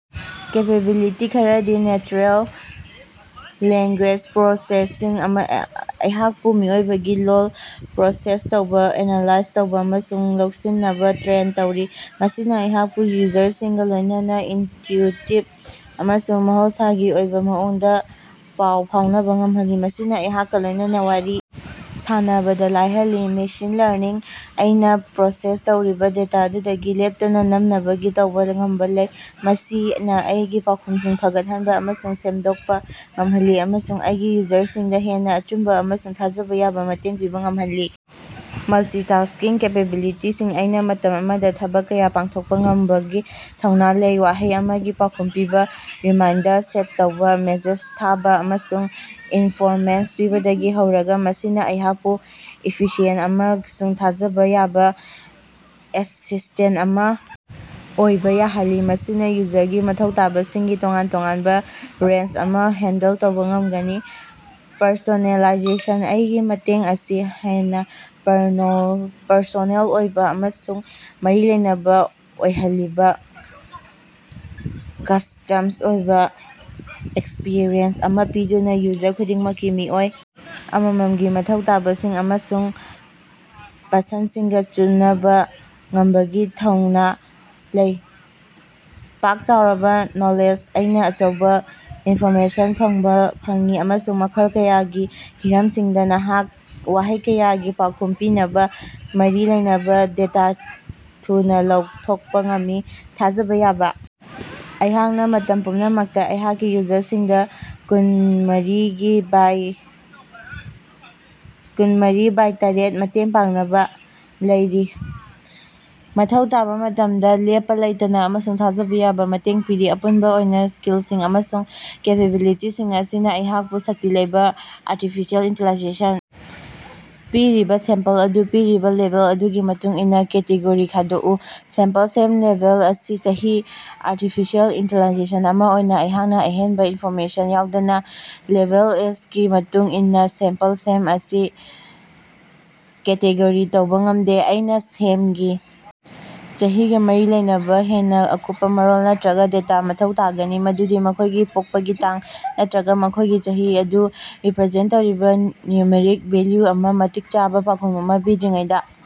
Capability ꯈꯔꯗꯤ natural language processing - ꯑꯩꯍꯥꯛꯄꯨ ꯃꯤꯑꯣꯏꯕꯒꯤ ꯂꯣꯜ ꯄ꯭ꯔꯣꯁꯦꯁ ꯇꯧꯕ, ꯑꯦꯅꯥꯂꯥꯏꯖ ꯇꯧꯕ ꯑꯃꯁꯨꯡ ꯂꯧꯁꯤꯅꯕ ꯇ꯭ꯔꯦꯟ ꯇꯧꯔꯤ꯫ ꯃꯁꯤꯅ ꯑꯩꯍꯥꯛꯄꯨ ꯌꯨꯖꯔꯁꯤꯡꯒ ꯂꯣꯏꯅꯅ ꯏꯟꯇ꯭ꯌꯨꯇꯤꯕ ꯑꯃꯁꯨꯡ ꯃꯍꯧꯁꯥꯒꯤ ꯑꯣꯏꯕ ꯃꯑꯣꯡꯗ ꯄꯥꯎ ꯐꯥꯎꯅꯕ ꯉꯝꯍꯜꯂꯤ, ꯃꯁꯤꯅ ꯑꯩꯍꯥꯛꯀ ꯂꯣꯏꯅꯅ ꯋꯥꯔꯤ ꯁꯥꯟꯅꯕꯗ ꯂꯥꯏꯍꯜꯂꯤ꯫ ꯃꯦꯁꯤꯟ ꯂꯔꯅꯤꯡ - ꯑꯩꯅ ꯄ꯭ꯔꯣꯁꯦꯁ ꯇꯧꯔꯤꯕ ꯗꯦꯇꯥ ꯑꯗꯨꯗꯒꯤ ꯂꯦꯞꯇꯅ ꯇꯝꯅꯕꯒꯤ ꯇꯧꯕ ꯉꯝꯕ ꯂꯩ꯫ ꯃꯁꯤꯅ ꯑꯩꯒꯤ ꯄꯥꯎꯈꯨꯝꯁꯤꯡ ꯐꯒꯠꯍꯟꯕ ꯑꯃꯁꯨꯡ ꯁꯦꯝꯗꯣꯛꯄ ꯉꯝꯍꯜꯂꯤ ꯑꯃꯁꯨꯡ ꯑꯩꯒꯤ ꯌꯨꯖꯔꯁꯤꯡꯗ ꯍꯦꯟꯅ ꯑꯆꯨꯝꯕ ꯑꯃꯁꯨꯡ ꯊꯥꯖꯕ ꯌꯥꯕ ꯃꯇꯦꯡ ꯄꯤꯕ ꯉꯝꯍꯜꯂꯤ꯫ ꯃꯜꯇꯤꯇꯥꯁꯀꯤꯡ ꯀꯦꯄꯦꯕꯤꯂꯤꯇꯤꯁꯤꯡ - ꯑꯩꯅ ꯃꯇꯝ ꯑꯃꯗ ꯊꯕꯛ ꯀꯥꯌꯥ ꯄꯥꯡꯊꯣꯛꯄ ꯉꯝꯕꯒꯤ ꯊꯧꯅ ꯂꯩ ꯋꯥꯍꯪ ꯑꯃꯒꯤ ꯄꯥꯎꯈꯨꯝ ꯄꯤꯕ, ꯔꯤꯃꯥꯏꯟꯗꯔ ꯁꯦꯠ ꯇꯧꯕ, ꯃꯦꯁꯦꯖ ꯊꯥꯕ, ꯑꯃꯁꯨꯡ ꯏꯟꯐꯣꯔꯃꯦꯁꯟ ꯄꯤꯕꯗꯒꯤ ꯍꯧꯔꯒ꯫ ꯃꯁꯤꯅ ꯑꯩꯍꯥꯛꯄꯨ ꯏꯐꯤꯁꯤꯌꯦꯟꯇ ꯑꯃꯁꯨꯡ ꯊꯥꯖꯕ ꯌꯥꯕ ꯑꯦꯁꯤꯁꯇꯦꯟꯇ ꯑꯃ ꯑꯣꯏꯕ ꯌꯥꯍꯜꯂꯤ, ꯃꯁꯤꯅ ꯌꯨꯖꯔꯒꯤ ꯃꯊꯧ ꯇꯥꯕꯁꯤꯡꯒꯤ ꯇꯣꯉꯥꯟ ꯇꯣꯉꯥꯟꯕ ꯔꯦꯟꯖ ꯑꯃ ꯍꯦꯟꯗꯜ ꯇꯧꯕ ꯉꯝꯒꯅꯤ꯫ ꯄꯔꯁꯣꯅꯦꯂꯥꯏꯖꯦꯁꯟ - ꯑꯩꯒꯤ ꯃꯇꯦꯡ ꯑꯁꯤ ꯍꯦꯟꯅ ꯄꯔꯁꯣꯅꯦꯜ ꯑꯣꯏꯕ ꯑꯃꯁꯨꯡ ꯃꯔꯤ ꯂꯩꯅꯕ ꯑꯣꯏꯍꯜꯂꯤꯕ ꯀꯁ꯭ꯇꯝꯁ ꯑꯣꯏꯕ ꯑꯦꯛꯁꯄ꯭ꯔꯤꯌꯦꯟꯁ ꯑꯃ ꯄꯤꯗꯨꯅ ꯌꯨꯖꯔ ꯈꯨꯗꯤꯡꯃꯛꯀꯤ ꯃꯤꯑꯣꯏ ꯑꯃꯃꯝꯒꯤ ꯃꯊꯧ ꯇꯥꯕꯁꯤꯡ ꯑꯃꯁꯨꯡ ꯄꯁꯟ꯭ꯗꯁꯤꯡꯒ ꯆꯨꯅꯕ ꯉꯝꯕꯒꯤ ꯊꯧꯅ ꯂꯩ꯫ ꯄꯥꯛ ꯆꯥꯎꯔꯕ ꯅꯣꯂꯦꯖ - ꯑꯩꯅ ꯑꯆꯧꯕ ꯏꯟꯐꯣꯔꯃꯦꯁꯟ ꯐꯪꯏ ꯑꯃꯁꯨꯡ ꯃꯈꯜ ꯀꯌꯥꯒꯤ ꯍꯤꯔꯝꯁꯤꯡꯗ ꯋꯥꯍꯪ ꯀꯌꯥꯒꯤ ꯄꯥꯎꯈꯨꯝ ꯄꯤꯅꯕ ꯃꯔꯤ ꯂꯩꯅꯕ ꯗꯦꯇꯥ ꯊꯨꯅ ꯂꯧꯊꯣꯛꯄ ꯉꯝꯃꯤ꯫ ꯊꯥꯖꯕ ꯌꯥꯕ - ꯑꯩꯍꯥꯛꯅ ꯃꯇꯝ ꯄꯨꯝꯅꯃꯛꯇ ꯑꯩꯍꯥꯛꯀꯤ ꯌꯨꯖꯔꯁꯤꯡꯗ ꯀꯨꯟꯃꯔꯤꯒꯤ ꯕꯥꯏ ꯇꯔꯦꯠ ꯃꯇꯦꯡ ꯄꯥꯡꯅꯕ ꯂꯩꯔꯤ, ꯃꯊꯧ ꯇꯥꯕ ꯃꯇꯝꯗ ꯂꯦꯞꯄ ꯂꯩꯇꯅ ꯑꯃꯁꯨꯡ ꯊꯥꯖꯕ ꯌꯥꯕ ꯃꯇꯦꯡ ꯄꯤꯔꯤ꯫ ꯑꯄꯨꯟꯕ ꯑꯣꯏꯅ, ꯁ꯭ꯀꯤꯜꯁꯤꯡ ꯑꯃꯁꯨꯡ ꯀꯦꯄꯦꯕꯤꯂꯤꯇꯤꯁꯤꯡ ꯑꯁꯤꯅ ꯑꯩꯍꯥꯛꯄꯨ ꯁꯛꯇꯤ ꯂꯩꯕ ꯑꯔꯇꯤꯐꯤꯁꯤꯌꯦꯜ ꯏꯟꯇꯦꯂꯤꯖꯦꯟꯁ ꯄꯤꯔꯤꯕ ꯁꯦꯝꯄꯜ ꯑꯗꯨ ꯄꯤꯔꯤꯕ ꯂꯦꯕꯦꯜ ꯑꯗꯨꯒꯤ ꯃꯇꯨꯡꯏꯟꯅ ꯀꯦꯇꯦꯒꯣꯔꯤ ꯈꯥꯏꯗꯣꯀꯎ꯫ ꯁꯦꯝꯄꯜ ꯁꯦꯝ ꯂꯦꯕꯦꯜ ꯆꯍꯤ ꯑꯔꯇꯤꯐꯤꯁꯤꯌꯦꯜ ꯏꯟꯇꯦꯂꯤꯖꯦꯟꯁ ꯑꯃ ꯑꯣꯏꯅ ꯑꯩꯍꯥꯛꯅ ꯑꯍꯦꯟꯕ ꯏꯟꯐꯣꯔꯃꯦꯁꯟ ꯌꯥꯎꯗꯅ ꯂꯦꯕꯦꯜ ꯑꯦꯖꯒꯤ ꯃꯇꯨꯡ ꯏꯟꯅ ꯁꯦꯝꯄꯜ ꯁꯦꯝ ꯑꯁꯤ ꯀꯦꯇꯦꯒꯣꯔꯤ ꯇꯧꯕ ꯉꯝꯗꯦ꯫ ꯑꯩꯅ ꯁꯦꯝꯒꯤ ꯆꯍꯤꯒ ꯃꯔꯤ ꯂꯩꯅꯕ ꯍꯦꯟꯅ ꯑꯀꯨꯞꯄ ꯃꯔꯣꯜ ꯅꯠꯇꯔꯒ ꯗꯦꯇꯥ ꯃꯊꯧ ꯇꯥꯒꯅꯤ, ꯃꯗꯨꯗꯤ ꯃꯈꯣꯏꯒꯤ ꯄꯣꯛꯄꯒꯤ ꯇꯥꯡ ꯅꯠꯇꯔꯒ ꯃꯈꯣꯏꯒꯤ ꯆꯍꯤ ꯑꯗꯨ ꯔꯤꯄꯔꯖꯦꯟꯇ ꯇꯧꯔꯤꯕ ꯅ꯭ꯌꯨꯃꯔꯤꯛ ꯚꯦꯂ꯭ꯌꯨ ꯑꯃ ꯃꯇꯤꯛ ꯆꯥꯕ ꯄꯥꯎꯈꯨꯝ ꯑꯃ ꯄꯤꯗ꯭ꯔꯤꯉꯩꯗ꯫